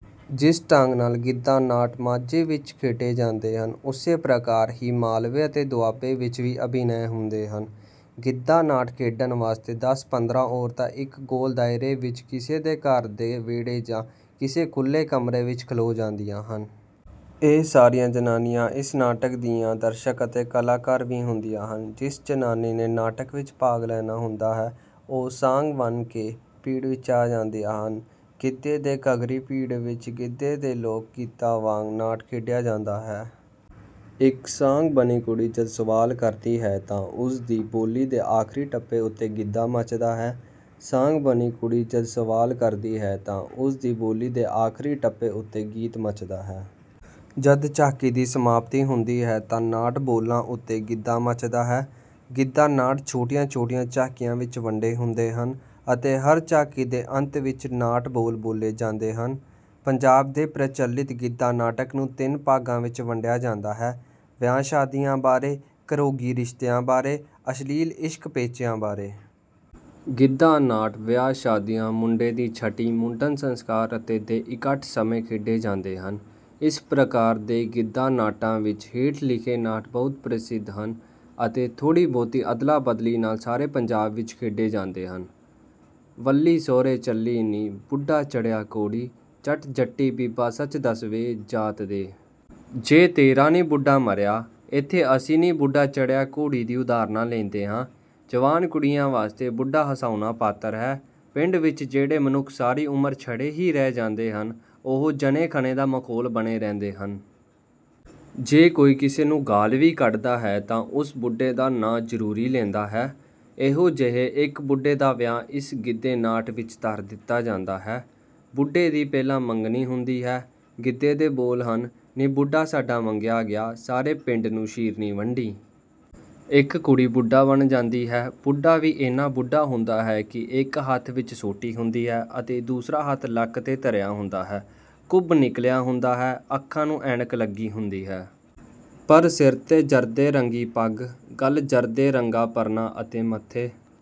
ਜਿਸ ਢੰਗ ਨਾਲ ਗਿੱਧਾ ਨਾਟ ਮਾਝੇ ਵਿੱਚ ਖੇਡੇ ਜਾਂਦੇ ਹਨ, ਉਸੇ ਪ੍ਰਕਾਰ ਹੀ ਮਾਲਵੇ ਅਤੇ ਦੁਆਬੇ ਵਿੱਚ ਵੀ ਅਭਿਨੈ ਹੁੰਦਾ ਹੈ। ਗਿੱਧਾ ਨਾਟ ਖੇਡਣ ਵਾਸਤੇ ਦਸ ਪੰਦਰਾਂ ਔਰਤਾਂ ਇੱਕ ਗੋਲ ਦਾਇਰੇ ਵਿੱਚ ਕਿਸੇ ਦੇ ਘਰ ਦੇ ਵਿਹੜੇ ਜਾਂ ਕਿਸੇ ਖੁੱਲ੍ਹੇ ਕਮਰੇ ਵਿੱਚ ਖਲੋ ਜਾਂਦੀਆਂ ਹਨ। ਇਹ ਸਾਰੀਆਂ ਜ਼ਨਾਨੀਆਂ ਇਸ ਨਾਟਕ ਦੀਆਂ ਦਰਸ਼ਕ ਅਤੇ ਕਲਾਕਾਰ ਵੀ ਹੁੰਦੀਆਂ ਹਨ। ਜਿਸ ਜ਼ਨਾਨੀ ਨੇ ਨਾਟਕ ਵਿੱਚ ਭਾਗ ਲੈਣਾ ਹੁੰਦਾ ਹੈ, ਉਹ ਸਾਂਗ ਬਣ ਕੇ ਪਿੜ ਵਿੱਚ ਆ ਜਾਂਦੀ ਹੈ। ਗਿੱਧੇ ਦੇ ਘੱਗਰੀ ਪਿੜ ਵਿੱਚ ਗਿੱਧੇ ਦੇ ਲੋਕ ਗੀਤਾਂ ਵਾਂਗ ਨਾਟ ਖੇਡਿਆ ਜਾਂਦਾ ਹੈ। ਇੱਕ ਸਾਂਗ ਬਣੀ ਕੁੜੀ ਜਦ ਸਵਾਲ ਕਰਦੀ ਹੈ ਤਾਂ ਉਸ ਦੀ ਬੋਲੀ ਦੇ ਆਖ਼ਰੀ ਟੱਪੇ ਉੱਤੇ ਗਿੱਧਾ ਮੱਚਦਾ ਹੈ। ਸਾਂਗ ਬਣੀ ਕੁੜੀ ਜਦ ਸਵਾਲ ਕਰਦੀ ਹੈ ਤਾਂ ਉਸ ਦੀ ਬੋਲੀ ਦੇ ਆਖ਼ਰੀ ਟੱਪੇ ਉੱਤੇ ਗੀਤ ਮੱਚਦਾ ਹੈ। ਜਦ ਝਾਕੀ ਦੀ ਸਮਾਪਤੀ ਹੁੰਦੀ ਹੈ ਤਾਂ 'ਨਾਟ ਬੋਲਾਂ' ਉੱਤੇ ਗਿੱਧਾ ਮੱਚਦਾ ਹੈ। ਗਿੱਧਾ ਨਾਟ ਛੋਟੀਆਂ-ਛੋਟੀਆਂ ਝਾਕੀਆਂ ਵਿੱਚ ਵੰਡੇ ਹੁੰਦੇ ਹਨ ਅਤੇ ਹਰ ਝਾਕੀ ਦੇ ਅੰਤ ਵਿੱਚ 'ਨਾਟ ਬੋਲ' ਬੋਲੇ ਜਾਂਦੇ ਹਨ। ਪੰਜਾਬ ਦੇ ਪ੍ਰਚੱਲਿਤ ਗਿੱਧਾ ਨਾਟਕ ਨੂੰ ਤਿੰਨ ਭਾਗਾਂ ਵਿੱਚ ਵੰਡਿਆ ਜਾਂਦਾ ਹੈ: ਵਿਆਹ ਸ਼ਾਦੀਆਂ ਬਾਰੇ, ਘਰੋਗੀ ਰਿਸ਼ਤਿਆਂ ਬਾਰੇ, ਅਸ਼ਲੀਲ ਇਸ਼ਕ ਪੇਚਿਆਂ ਬਾਰੇ। ਗਿੱਧਾ ਨਾਟ ਵਿਆਹ ਸ਼ਾਦੀਆਂ, ਮੁੰਡੇ ਦੀ ਛਟੀ, ਮੁੰਡਨ ਸੰਸਕਾਰ ਅਤੇ ਦੇ ਇਕੱਠ ਸਮੇਂ ਖੇਡੇ ਜਾਂਦੇ ਹਨ। ਇਸ ਪ੍ਰਕਾਰ ਦੇ ਗਿੱਧਾ ਨਾਟਾਂ ਵਿੱਚ ਹੇਠ ਲਿਖੇ ਨਾਟ ਬਹੁਤ ਪ੍ਰਸਿੱਧ ਹਨ ਅਤੇ ਥੋੜ੍ਹੀ-ਬਹੁਤੀ ਅਦਲਾ-ਬਦਲੀ ਨਾਲ ਸਾਰੇ ਪੰਜਾਬ ਵਿੱਚ ਖੇਡੇ ਜਾਂਦੇ ਹਨ: ਵਲੱਲੀ ਸਹੁਰੇ ਚੱਲੀ ਨੀ, ਬੁੱਢਾ ਚੜ੍ਹਿਆ ਘੋੜੀ, ਜੱਟ ਜੱਟੀ ਬੀਬਾ ਸੱਚ ਦੱਸ ਵੇ, ਜਾਤ ਦੇ। ਜੇ ਤੇਰਾ ਨੀ ਬੁੱਢਾ ਮਰਿਆ। ਇੱਥੇ ਅਸੀਂ 'ਨੀ ਬੁੱਢਾ ਚੜ੍ਹਿਆ ਘੋੜੀ' ਦੀ ਉਦਾਹਰਨ ਲੈਂਦੇ ਹਾਂ। ਜਵਾਨ ਕੁੜੀਆਂ ਵਾਸਤੇ ਬੁੱਢਾ ਹਸਾਉਣਾ ਪਾਤਰ ਹੈ। ਪਿੰਡ ਵਿੱਚ ਜਿਹੜੇ ਮਨੁੱਖ ਸਾਰੀ ਉਮਰ ਛੜੇ ਹੀ ਰਹਿ ਜਾਂਦੇ ਹਨ, ਉਹ ਜਣੇ-ਖਣੇ ਦਾ ਮਖ਼ੌਲ ਬਣੇ ਰਹਿੰਦੇ ਹਨ। ਜੇ ਕੋਈ ਕਿਸੇ ਨੂੰ ਗਾਲ੍ਹ ਵੀ ਕੱਢਦਾ ਹੈ ਤਾਂ ਉਸ ਬੁੱਢੇ ਦਾ ਨਾਂ ਜ਼ਰੂਰੀ ਲੈਂਦਾ ਹੈ। ਇਹੋ ਜਿਹੇ ਇੱਕ ਬੁੱਢੇ ਦਾ ਵਿਆਹ ਇਸ ਗਿੱਧਾ ਨਾਟ ਵਿੱਚ ਧਰ ਦਿੱਤਾ ਜਾਂਦਾ ਹੈ। ਬੁੱਢੇ ਦੀ ਪਹਿਲਾਂ ਮੰਗਣੀ ਹੁੰਦੀ ਹੈ, ਗਿੱਧੇ ਦੇ ਬੋਲ ਹਨ: "ਨੀ ਬੁੱਢਾ ਸਾਡਾ ਮੰਗਿਆ ਗਿਆ, ਸਾਰੇ ਪਿੰਡ ਨੂੰ ਸ਼ੀਰਨੀ ਵੰਡੀ।" ਇੱਕ ਕੁੜੀ ਬੁੱਢਾ ਬਣ ਜਾਂਦੀ ਹੈ। ਬੁੱਢਾ ਵੀ ਏਨਾ ਬੁੱਢਾ ਹੁੰਦਾ ਹੈ ਕਿ ਇੱਕ ਹੱਥ ਵਿੱਚ ਸੋਟੀ ਹੁੰਦੀ ਹੈ ਅਤੇ ਦੂਸਰਾ ਹੱਥ ਲੱਕ ਤੇ ਧਰਿਆ ਹੁੰਦਾ ਹੈ। ਕੁੱਬ ਨਿਕਲਿਆ ਹੁੰਦਾ ਹੈ, ਅੱਖਾਂ ਨੂੰ ਐਨਕ ਲੱਗੀ ਹੁੰਦੀ ਹੈ। ਪਰ ਸਿਰ ਤੇ ਜਰਦੇ ਰੰਗੀ ਪੱਗ, ਗਲ ਜਰਦੇ ਰੰਗਾ ਪਰਨਾ ਅਤੇ ਮੱਥੇ